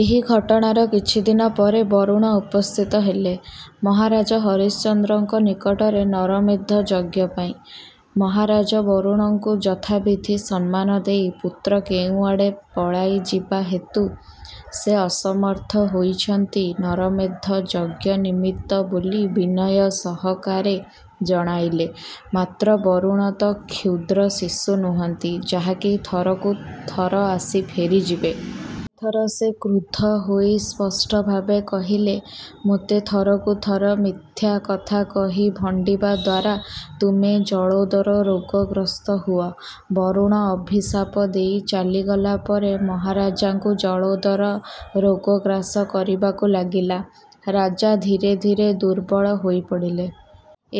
ଏହି ଘଟଣାର କିଛିଦିନ ପରେ ବରୁଣ ଉପସ୍ଥିତ ହେଲେ ମହାରାଜ ହରିଶ୍ଚନ୍ଦ୍ରଙ୍କ ନିକଟରେ ନରମେଧ ଯଜ୍ଞ ପାଇଁ। ମହାରାଜ ବରୁଣଙ୍କୁ ଯଥାବିଧି ସମ୍ମାନ ଦେଇ ପୁତ୍ର କେଉଁଆଡ଼େ ପଳାଇଯିବା ହେତୁ ସେ ଅସମର୍ଥ ହୋଇଛନ୍ତି ନରମେଧ ଯଜ୍ଞ ନିମିତ୍ତ ବୋଲି ବିନୟ ସହକାରେ ଜଣାଇଲେ। ମାତ୍ର ବରୁଣ ତ କ୍ଷୁଦ୍ର ଶିଶୁ ନୁହନ୍ତି, ଯାହାକି ଥରକୁ ଥର ଆସି ଫେରିଯିବେ! ଏଥର ସେ କ୍ରୁଦ୍ଧ ହୋଇ ସ୍ପଷ୍ଟଭାବେ କହିଲେ, ''ମୋତେ ଥରକୁ ଥର ମିଥ୍ୟା କଥା କହି ଭଣ୍ଡିବା ଦ୍ୱାରା ତୁମେ ଜଳୋଦର ରୋଗଗ୍ରସ୍ତ ହୁଅ। '' ବରୁଣ ଅଭିଶାପ ଦେଇ ଚାଲି ଗଲାପରେ ମହାରାଜାଙ୍କୁ ଜଳୋଦର ରୋଗ ଗ୍ରାସ କରିବାକୁ ଲାଗିଲା। ରାଜା ଧୀରେ ଧୀରେ ଦୁର୍ବଳ ହୋଇ ପଡ଼ିଲେ।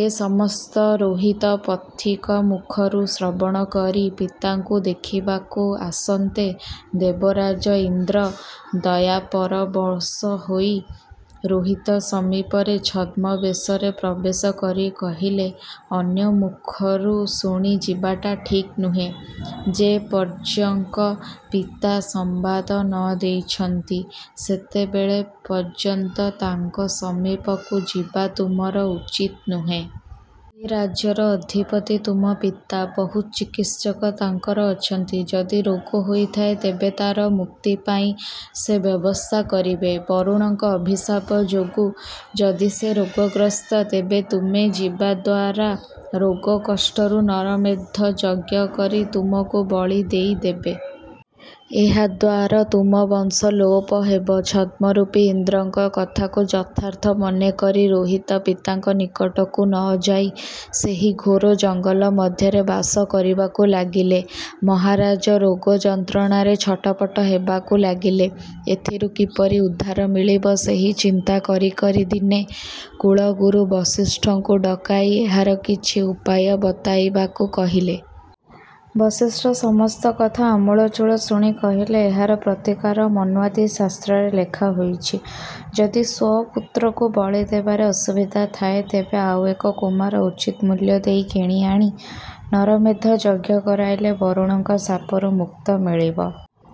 ଏ ସମସ୍ତ ରୋହିତ ପଥିକ ମୁଖରୁ ଶ୍ରବଣକରି ପିତାଙ୍କୁ ଦେଖିବାକୁ ଆସନ୍ତେ ଦେବରାଜ ଇନ୍ଦ୍ର ଦୟାପରବଶ ହୋଇ ରୋହିତ ସମୀପରେ ଛଦ୍ମବେଶରେ ପ୍ରବେଶ କରି କହିଲେ, ଅନ୍ୟ ମୁଖରୁ ଶୁଣି ଯିବାଟା ଠିକ୍ ନୁହେଁ। ଯେ ପର୍ଯ୍ୟଙ୍କ ପିତା ସମ୍ୱାଦ ନ ଦେଇଛନ୍ତି ସେତେବେଳେ ପର୍ଯ୍ୟନ୍ତ ତାଙ୍କ ସମୀପକୁ ଯିବା ତୁମର ଉଚିତ୍ ନୁହେଁ। ଏ ରାଜ୍ୟର ଅଧିପତି ତୁମ ପିତା। ବହୁ ଚିକିତ୍ସକ ତାଙ୍କର ଅଛନ୍ତି। ଯଦି ରୋଗ ହୋଇଥାଏ, ତେବେ ତା'ର ମୁକ୍ତି ପାଇଁ ସେ ବ୍ୟବସ୍ଥା କରିବେ। ବରୁଣଙ୍କ ଅଭିଶାପ ଯୋଗୁଁ ଯଦି ସେ ରୋଗଗ୍ରସ୍ତ ତେବେ ତୁମେ ଯିବା ଦ୍ୱାରା ରୋଗ କଷ୍ଟରୁ ନରମେଧ ଯଜ୍ଞ କରି ତୁମକୁ ବଳି ଦେଇ ଦେବେ। ଏହା ଦ୍ୱାର ତୁମ ବଂଶ ଲୋପ ହେବ। ଛଦ୍ମରୂପୀ ଇନ୍ଦ୍ରଙ୍କ କଥାକୁ ଯଥାର୍ଥ ମନେକରି ରୋହିତ ପିତାଙ୍କ ନିକଟକୁ ନ ଯାଇ ସେହି ଘୋର ଜଙ୍ଗଲ ମଧ୍ୟରେ ବାସ କରିବାକୁ ଲାଗିଲେ! ମହାରାଜ ରୋଗ ଯନ୍ତ୍ରଣାରେ ଛଟପଟ ହେବାକୁ ଲାଗିଲେ। ଏଥିରୁ କିପରି ଉଦ୍ଧାର ମିଳିବ ସେହି ଚିନ୍ତା କରି କରି ଦିନେ କୁଳଗୁରୁ ବଶିଷ୍ଠଙ୍କୁ ଡକାଇ ଏହାର କିଛି ଉପାୟ ବତାଇବାକୁ କହିଲେ। ବଶିଷ୍ଠ ସମସ୍ତ କଥା ଆମୂଳଚୂଳ ଶୁଣି କହିଲେ, ଏହାର ପ୍ରତିକାର ମନ୍ୱାଦି ଶାସ୍ତ୍ରରେ ଲେଖା ହୋଇଛି। ଯଦି ସ୍ୱପୁତ୍ରକୁ ବଳି ଦେବାରେ ଅସୁବିଧା ଥାଏ, ତେବେ ଆଉ ଏକ କୁମାର ଉଚିତ୍ ମୂଲ୍ୟ ଦେଇ କିଣିଆଣି ନରମେଧ ଯଜ୍ଞ କରାଇଲେ ବରୁଣଙ୍କ ଶାପରୁ ମୁକ୍ତ ମିଳିବ।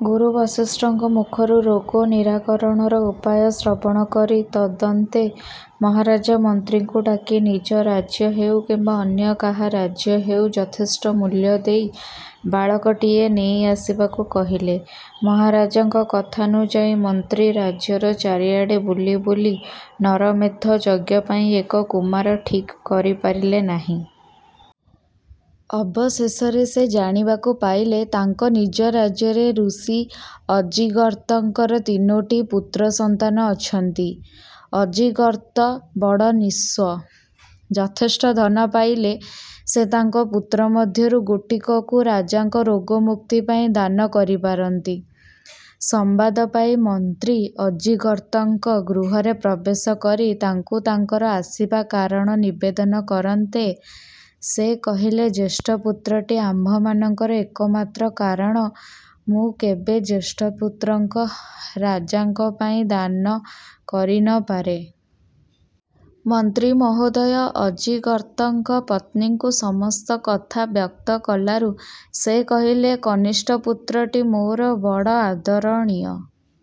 ଗୁରୁ ବଶିଷ୍ଠଙ୍କ ମୁଖରୁ ରୋଗ ନିରାକରଣର ଉପାୟ ଶ୍ରବଣକରି ତଦନ୍ତେ ମହାରାଜା ମନ୍ତ୍ରୀଙ୍କୁ ଡାକି ନିଜ ରାଜ୍ୟ ହେଉ କିମ୍ୱା ଅନ୍ୟ କାହା ରାଜ୍ୟ ହେଉ ଯଥେଷ୍ଟ ମୂଲ୍ୟ ଦେଇ ବାଳକଟିଏ ନେଇ ଆସିବାକୁ କହିଲେ। ମହାରାଜାଙ୍କ କଥାନୁଯାୟୀ ମନ୍ତ୍ରୀ ରାଜ୍ୟର ଚାରିଆଡ଼େ ବୁଲି ବୁଲି ନରମେଧ ଯଜ୍ଞ ପାଇଁ ଏକ କୁମାର ଠିକ୍ କରିପାରିଲେ ନାହିଁ। ଅବଶେଷରେ ସେ ଜାଣିବାକୁ ପାଇଲେ ତାଙ୍କ ନିଜ ରାଜ୍ୟରେ ଋଷି ଅଜିଗର୍ତ୍ତଙ୍କର ତିନୋଟି ପୁତ୍ର ସନ୍ତାନ ଅଛନ୍ତି। ଅଜିଗର୍ତ୍ତ ବଡ଼ ନିଃସ୍ୱ। ଯଥେଷ୍ଟ ଧନ ପାଇଲେ ସେ ତାଙ୍କ ପୁତ୍ର ମଧ୍ୟରୁ ଗୋଟିକକୁ ରାଜାଙ୍କ ରୋଗମୁକ୍ତି ପାଇଁ ଦାନ କରିପାରନ୍ତି। ସମ୍ୱାଦ ପାଇ ମନ୍ତ୍ରୀ ଅଜିଗର୍ତ୍ତଙ୍କ ଗୃହରେ ପ୍ରବେଶ କରି ତାଙ୍କୁ ତାଙ୍କର ଆସିବା କାରଣ ନିବେଦନ କରନ୍ତେ ସେ କହିଲେ ଜ୍ୟେଷ୍ଠ ପୁତ୍ରଟି ଆମ୍ଭମାନଙ୍କର ଏକମାତ୍ର କାରଣ ମୁଁ କେବେ ଜ୍ୟେଷ୍ଠ ପୁତ୍ରଙ୍କ ରାଜାଙ୍କ ପାଇଁ ଦାନ କରି ନ ପାରେ। ମନ୍ତ୍ରୀ ମହୋଦୟ ଅଜିଗର୍ତ୍ତଙ୍କ ପତ୍ନୀଙ୍କୁ ସମସ୍ତ କଥା ବ୍ୟକ୍ତ କଲାରୁ ସେ କହିଲେ କନିଷ୍ଠ ପୁତ୍ରଟି ମୋର ବଡ଼ ଆଦରଣୀୟ।